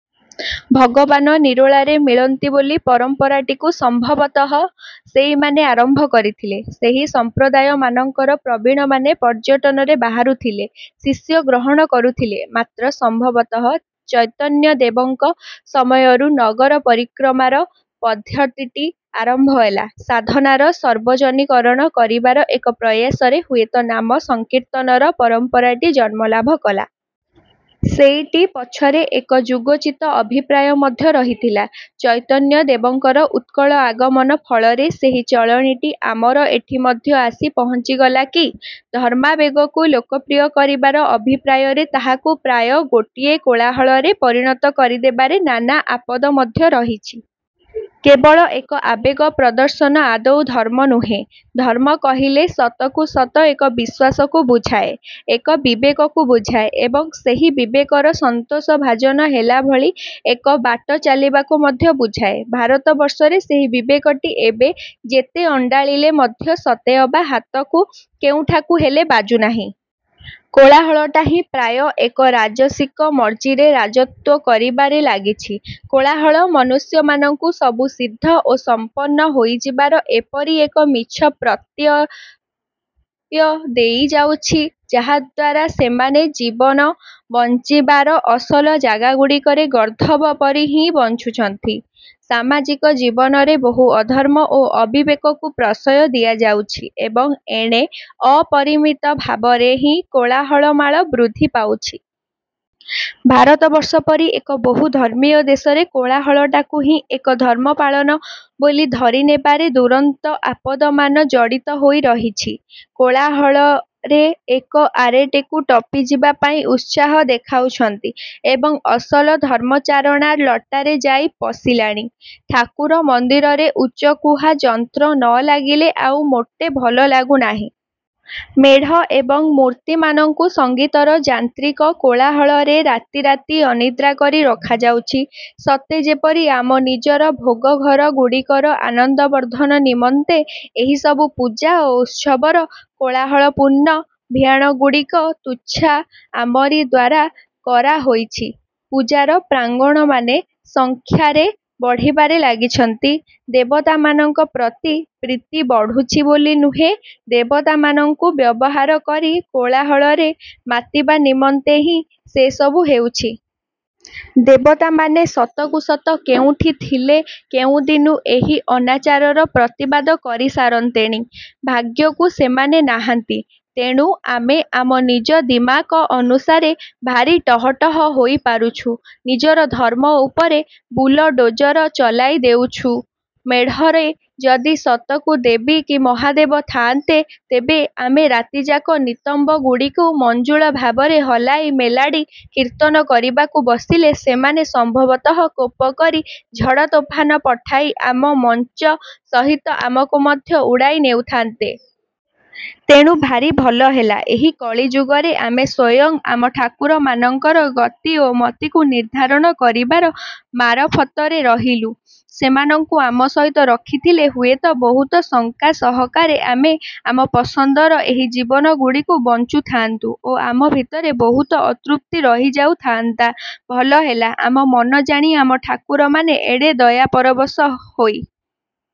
ଭଗବାନ ନିରୋଳାରେ ମିଳନ୍ତି ବୋଲି ପରମ୍ପରାଟିକୁ ସମ୍ଭବତଃ ସେଇମାନେ ଆରମ୍ଭ କରିଥିଲେ। ସେହି ସମ୍ପ୍ରଦାୟମାନଙ୍କର ପ୍ରବୀଣମାନେ ପର୍ଯ୍ୟଟନରେ ବାହାରୁଥିଲେ, ଶିଷ୍ୟ ଗ୍ରହଣ କରୁଥିଲେ। ମାତ୍ର ସମ୍ଭବତଃ ଚୈତନ୍ୟଦେବଙ୍କ ସମୟରୁ ନଗର ପରିକ୍ରମାର ପଦ୍ଧତିଟି ଆରମ୍ଭ ହେଲା। ସାଧନାର ସର୍ବଜନୀକରଣ କରିବାର ଏକ ପ୍ରୟାସରେ ହୁଏତ ନାମ ସଂକୀର୍ତ୍ତନର ପରମ୍ପରାଟି ଜନ୍ମଲାଭ କଲା-। ସେଇଟି ପଛରେ ଏକ ଯୁଗୋଚିତ ଅଭିପ୍ରାୟ ମଧ୍ୟ ରହିଥିଲା। ଚୈତନ୍ୟ ଦେବଙ୍କର ଉତ୍କଳ ଆଗମନ ଫଳରେ ସେହି ଚଳଣିଟି ଆମର ଏଠି ମଧ୍ୟ ଆସି ପହଞ୍ଚିଗଲା କି? ଧର୍ମାବେଗକୁ ଲୋକପ୍ରିୟ କରିବାର ଅଭିପ୍ରାୟରେ ତାହାକୁ ପ୍ରାୟ ଗୋଟିଏ କୋଳାହଳରେ ପରିଣତ କରିଦେବାରେ ନାନା ଆପଦ ମଧ୍ୟ ରହିଛି। କେବଳ ଏକ ଆବେଗ ପ୍ରଦର୍ଶନ ଆଦୌ ଧର୍ମ ନୁହେଁ। ଧର୍ମ କହିଲେ ସତକୁ ସତ ଏକ ବିଶ୍ୱାସକୁ ବୁଝାଏ, ଏକ ବିବେକକୁ ବୁଝାଏ ଏବଂ ସେହି ବିବେକର ସନ୍ତୋଷଭାଜନ ହେଲାଭଳି ଏକ ବାଟ ଚାଲିବାକୁ ମଧ୍ୟ ବୁଝାଏ। ଭାରତବର୍ଷରେ ସେହି ବିବେକଟି ଏବେ ଯେତେ ଅଣ୍ଡାଳିଲେ ମଧ୍ୟ ସତେଅବା ହାତକୁ କେଉଁଠାକୁ ହେଲେ ବାଜୁନାହିଁ। କୋଳାହଳଟା ହିଁ ପ୍ରାୟ ଏକ ରାଜସିକ ମର୍ଜିରେ ରାଜତ୍ୱ କରିବାରେ ଲାଗିଛି। କୋଳାହଳ ମନୁଷ୍ୟମାନଙ୍କୁ ସବୁ ସିଦ୍ଧ ଓ ସଂପନ୍ନ ହୋଇଯିବାର ଏପରି ଏକ ମିଛ ପ୍ରତ୍ୟୟ ଦେଇଯାଉଛି, ଯାହାଦ୍ୱାରା ସେମାନେ ଜୀବନ ବଂଚିବାର ଅସଲ ଜାଗାଗୁଡ଼ିକରେ ଗର୍ଦ୍ଦଭ ପରି ହିଁ ବଞ୍ଚୁଛନ୍ତି। ସାମାଜିକ ଜୀବନରେ ବହୁ ଅଧର୍ମ ଓ ଅବିବେକକୁ ପ୍ରଶ୍ରୟ ଦିଆଯାଉଛି ଏବଂ ଏଣେ ଅପରିମିତ ଭାବରେ ହିଁ କୋଳାହଳମାନ ବୃଦ୍ଧି ପାଉଛି। ଭାରତବର୍ଷ ପରି ଏକ ବହୁଧର୍ମୀୟ ଦେଶରେ କୋଳାହଳଟାକୁ ହିଁ ଏକ ଧର୍ମପାଳନ ବୋଲି ଧରିନେବାରେ ଦୁରନ୍ତ ଆପଦମାନ ଜଡ଼ିତ ହୋଇ ରହିଛି। କୋଳାହଳରେ ଏକ ଆରେକୁ ଟପିଯିବା ପାଇଁ ଉତ୍ସାହ ଦେଖାଉଛନ୍ତି ଏବଂ ଅସଲ ଧର୍ମଚାରଣା ଲଟାରେ ଯାଇ ପଶିଲାଣି। ଠାକୁର ମନ୍ଦିରରେ ଉଚ୍ଚକୁହା ଯନ୍ତ୍ର ନଲାଗିଲେ ଆଉ ମୋଟେ ଭଲ ଲାଗୁନାହିଁ। ମେଢ଼ ଏବଂ ମୂର୍ତ୍ତିମାନଙ୍କୁ ସଂଗୀତର ଯାନ୍ତ୍ରିକ କୋଳାହଳରେ ରାତି ରାତି ଅନିଦ୍ରା କରି ରଖାଯାଉଛି। ସତେ ଯେପରି ଆମ ନିଜର ଭୋଗଘର ଗୁଡ଼ିକର ଆନନ୍ଦବର୍ଦ୍ଧନ ନିମନ୍ତେ ଏହିସବୁ ପୂଜା ଓ ଉତ୍ସବର କୋଳାହଳପୂର୍ଣ୍ଣ ଭିଆଣଗୁଡ଼ିକ ତୁଚ୍ଛା ଆମରି ଦ୍ଵାରା କରାହୋଇଛି। ପୂଜାର ପ୍ରାଙ୍ଗଣମାନେ ସଂଖ୍ୟାରେ ବଢ଼ିବାରେ ଲାଗିଛନ୍ତି; ଦେବତାମାନଙ୍କ ପ୍ରତି ପ୍ରୀତି ବଢୁଛି ବୋଲି ନୁହେଁ, ଦେବତାମାନଙ୍କୁ ବ୍ୟବହାର କରି କୋଳାହଳରେ ମାତିବା ନିମନ୍ତେ ହିଁ ସେସବୁ ହେଉଛି। ଦେବତାମାନେ ସତକୁ ସତ କେଉଁଠି ଥିଲେ କେଉଁଦିନୁ ଏହି ଅନାଚାରର ପ୍ରତିବାଦ କରି ସାରନ୍ତେଣି। ଭାଗ୍ୟକୁ ସେମାନେ ନାହାନ୍ତି, ତେଣୁ ଆମେ ଆମ ନିଜ ଦିମାକ ଅନୁସାରେ ଭାରି ଟହଟହ ହୋଇପାରୁଛୁ, ନିଜର ଧର୍ମ ଉପରେ ବୁଲଡୋଜର ଚଲାଇ ଦେଉଛୁ। ମେଢ଼ରେ ଯଦି ସତକୁ ଦେବୀ କି ମହାଦେବ ଥାଆନ୍ତେ, ତେବେ ଆମେ ରାତିଯାକ ନିତମ୍ବଗୁଡ଼ିକୁ ମଞ୍ଜୁଳ ଭାବରେ ହଲାଇ ମେଲୋଡ଼ି କୀର୍ତ୍ତନ କରିବାକୁ ବସିଲେ ସେମାନେ ସମ୍ଭବତଃ କୋପ କରି ଝଡ଼ତୋଫାନ ପଠାଇ ଆମ ମଚଂ ସହିତ ଆମକୁ ମଧ୍ୟ ଉଡ଼ାଇ ନେଉଥାଆନ୍ତେ। ତେଣୁ ଭାରି ଭଲ ହେଲା, ଏହି କଳିଯୁଗରେ ଆମେ ସ୍ୱୟଂ ଆମ ଠାକୁରମାନଙ୍କର ଗତି ଓ ମତିକୁ ନିର୍ଦ୍ଧାରଣ କରିବାର ମାରଫତରେ ରହିଲୁ। ସେମାନଙ୍କୁ ଆମ ସହିତ ରଖିଥଲେ ହୁଏତ ବହୁତ ଶଙ୍କା ସହକାରେ ଆମେ ଆମ ପସନ୍ଦର ଏହି ଜୀବନଗୁଡ଼ିକୁ ବଂଚୁଥାଆନ୍ତୁ ଓ ଆମ ଭିତରେ ବହୁତ ଅତୃପ୍ତି ରହିଯାଉଥାଆନ୍ତା-। ଭଲହେଲା ଆମ ମନ ଜାଣି ଆମ ଠାକୁରମାନେ ଏଡ଼େ ଦୟାପରବଶ ହୋଇ